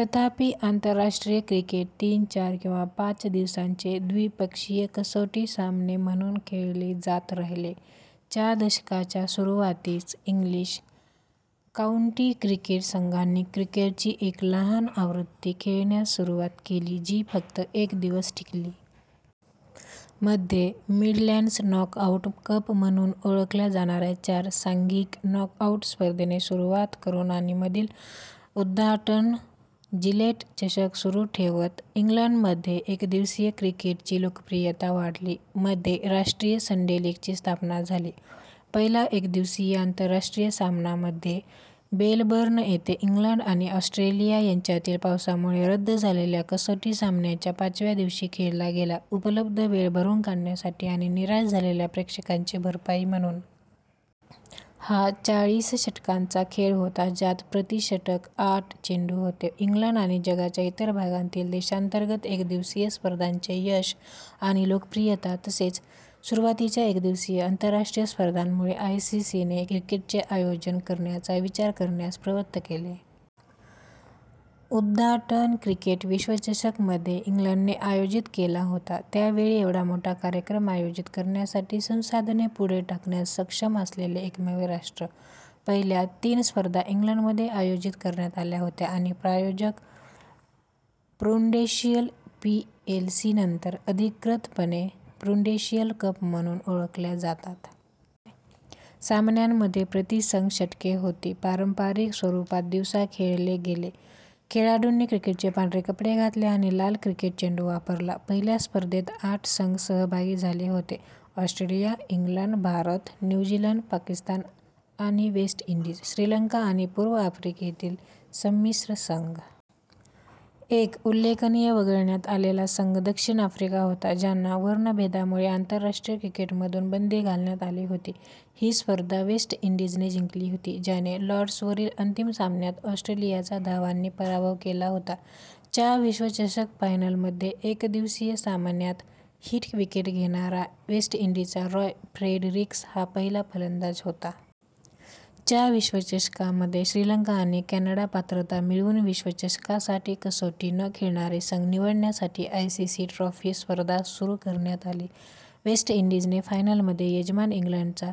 तथापि, आंतरराष्ट्रीय क्रिकेट तीन, चार किंवा पाच दिवसांचे द्विपक्षीय कसोटी सामने म्हणून खेळले जात राहिले. च्या दशकाच्या सुरुवातीस, इंग्लिश काउंटी क्रिकेट संघांनी क्रिकेटची एक लहान आवृत्ती खेळण्यास सुरुवात केली जी फक्त एक दिवस टिकली. मध्ये मिडलँड्स नॉक-आउट कप म्हणून ओळखल्या जाणाऱ्या चार-सांघिक नॉकआऊट स्पर्धेने सुरुवात करून आणि मधील उद्घाटन जिलेट चषक सुरू ठेवत, इंग्लंडमध्ये एकदिवसीय क्रिकेटची लोकप्रियता वाढली. मध्ये राष्ट्रीय संडे लीगची स्थापना झाली. पहिला एक-दिवसीय आंतरराष्ट्रीय सामना मध्ये मेलबर्न येथे इंग्लंड आणि ऑस्ट्रेलिया यांच्यातील पावसामुळे रद्द झालेल्या कसोटी सामन्याच्या पाचव्या दिवशी खेळला गेला, उपलब्ध वेळ भरून काढण्यासाठी आणि निराश झालेल्या प्रेक्षकांची भरपाई म्हणून. हा चाळीस षटकांचा खेळ होता ज्यात प्रति षटक आठ चेंडू होते. इंग्लंड आणि जगाच्या इतर भागांतील देशांतर्गत एकदिवसीय स्पर्धांचे यश आणि लोकप्रियता, तसेच सुरुवातीच्या एकदिवसीय आंतरराष्ट्रीय स्पर्धांमुळे आयसीसीने क्रिकेटचे आयोजन करण्याचा विचार करण्यास प्रवृत्त केले. उद्घाटन क्रिकेट विश्वचषक मध्ये इंग्लंडने आयोजित केला होता, त्या वेळी एवढा मोठा कार्यक्रम आयोजित करण्यासाठी संसाधने पुढे टाकण्यास सक्षम असलेले एकमेव राष्ट्र. पहिल्या तीन स्पर्धा इंग्लंडमध्ये आयोजित करण्यात आल्या होत्या आणि प्रायोजक प्रुडेंशियल पीएलसी नंतर अधिकृतपणे प्रुडेंशियल कप म्हणून ओळखल्या जातात. सामन्यांमध्ये प्रति संघ षटके होती, पारंपारिक स्वरूपात दिवसा खेळले गेले, खेळाडूंनी क्रिकेटचे पांढरे कपडे घातले आणि लाल क्रिकेट चेंडू वापरला. पहिल्या स्पर्धेत आठ संघ सहभागी झाले होते: Australia, England, Bharat, New Zealand, Pakistan आणि वेस्ट इंडीज, श्रीलंका आणि पूर्व आफ्रिकेतील संमिश्र संघ. एक उल्लेखनीय वगळण्यात आलेला संघ दक्षिण आफ्रिका होता, ज्यांना वर्णभेदामुळे आंतरराष्ट्रीय क्रिकेटमधून बंदी घालण्यात आली होती. ही स्पर्धा वेस्ट इंडीजने जिंकली होती, ज्याने लॉर्ड्सवरील अंतिम सामन्यात ऑस्ट्रेलियाचा धावांनी पराभव केला होता. च्या विश्वचषक फायनलमध्ये एकदिवसीय सामन्यात हिट विकेट घेणारा वेस्ट इंडीजचा रॉय फ्रेडरिक्स हा पहिला फलंदाज होता. च्या विश्वचषकामध्ये श्रीलंका आणि कॅनडा पात्रता मिळवून विश्वचषकासाठी कसोटी न खेळणारे संघ निवडण्यासाठी आयसीसी ट्रॉफी स्पर्धा सुरू करण्यात आली. वेस्ट इंडीजने फायनलमध्ये यजमान इंग्लंडचा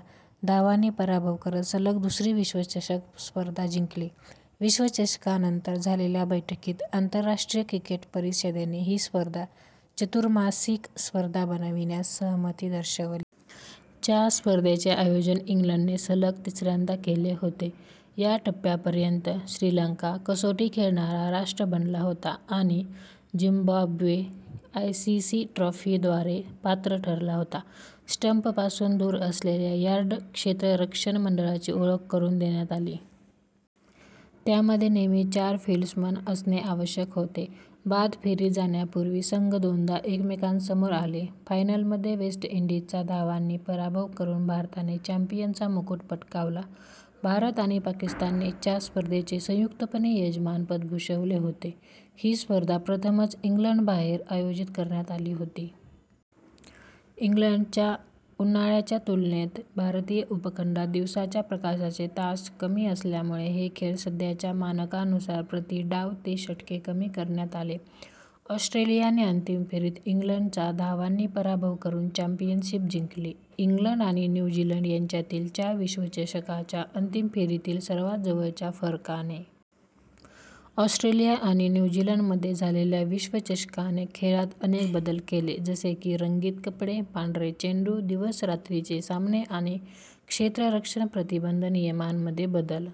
धावांनी पराभव करत सलग दुसरी विश्वचषक स्पर्धा जिंकली. विश्वचषकानंतर झालेल्या बैठकीत, आंतरराष्ट्रीय क्रिकेट परिषदेने ही स्पर्धा चतुर्मासिक स्पर्धा बनविण्यास सहमती दर्शविली. च्या स्पर्धेचे आयोजन इंग्लंडने सलग तिसऱ्यांदा केले होते. या टप्प्यापर्यंत, श्रीलंका कसोटी खेळणारा राष्ट्र बनला होता आणि झिम्बाब्वे आयसीसी ट्रॉफीद्वारे पात्र ठरला होता. स्टंपपासून दूर असलेल्या यार्ड क्षेत्ररक्षण मंडळाची ओळख करून देण्यात आली. त्यामध्ये नेहमी चार फील्ड्समन असणे आवश्यक होते. बाद फेरीत जाण्यापूर्वी संघ दोनदा एकमेकांसमोर आले. फायनलमध्ये वेस्ट इंडीजचा धावांनी पराभव करून भारताने चॅम्पियनचा मुकुट पटकावला. भारत आणि पाकिस्तानने च्या स्पर्धेचे संयुक्तपणे यजमानपद भूषवले होते, ही स्पर्धा प्रथमच इंग्लंडबाहेर आयोजित करण्यात आली होती. इंग्लंडच्या उन्हाळ्याच्या तुलनेत भारतीय उपखंडात दिवसाच्या प्रकाशाचे तास कमी असल्यामुळे हे खेळ सध्याच्या मानकानुसार प्रति डाव ते षटके कमी करण्यात आले. ऑस्ट्रेलियाने अंतिम फेरीत इंग्लंडचा धावांनी पराभव करून चॅम्पियनशिप जिंकली, इंग्लंड आणि न्यू झीलंड यांच्यातील च्या विश्वचषकाच्या अंतिम फेरीतील सर्वात जवळच्या फरकाने. ऑस्ट्रेलिया आणि न्यू झीलंडमध्ये झालेल्या विश्वचषकाने खेळात अनेक बदल केले, जसे की रंगीत कपडे, पांढरे चेंडू, दिवस/रात्रीचे सामने आणि क्षेत्ररक्षण प्रतिबंध नियमांमध्ये बदल.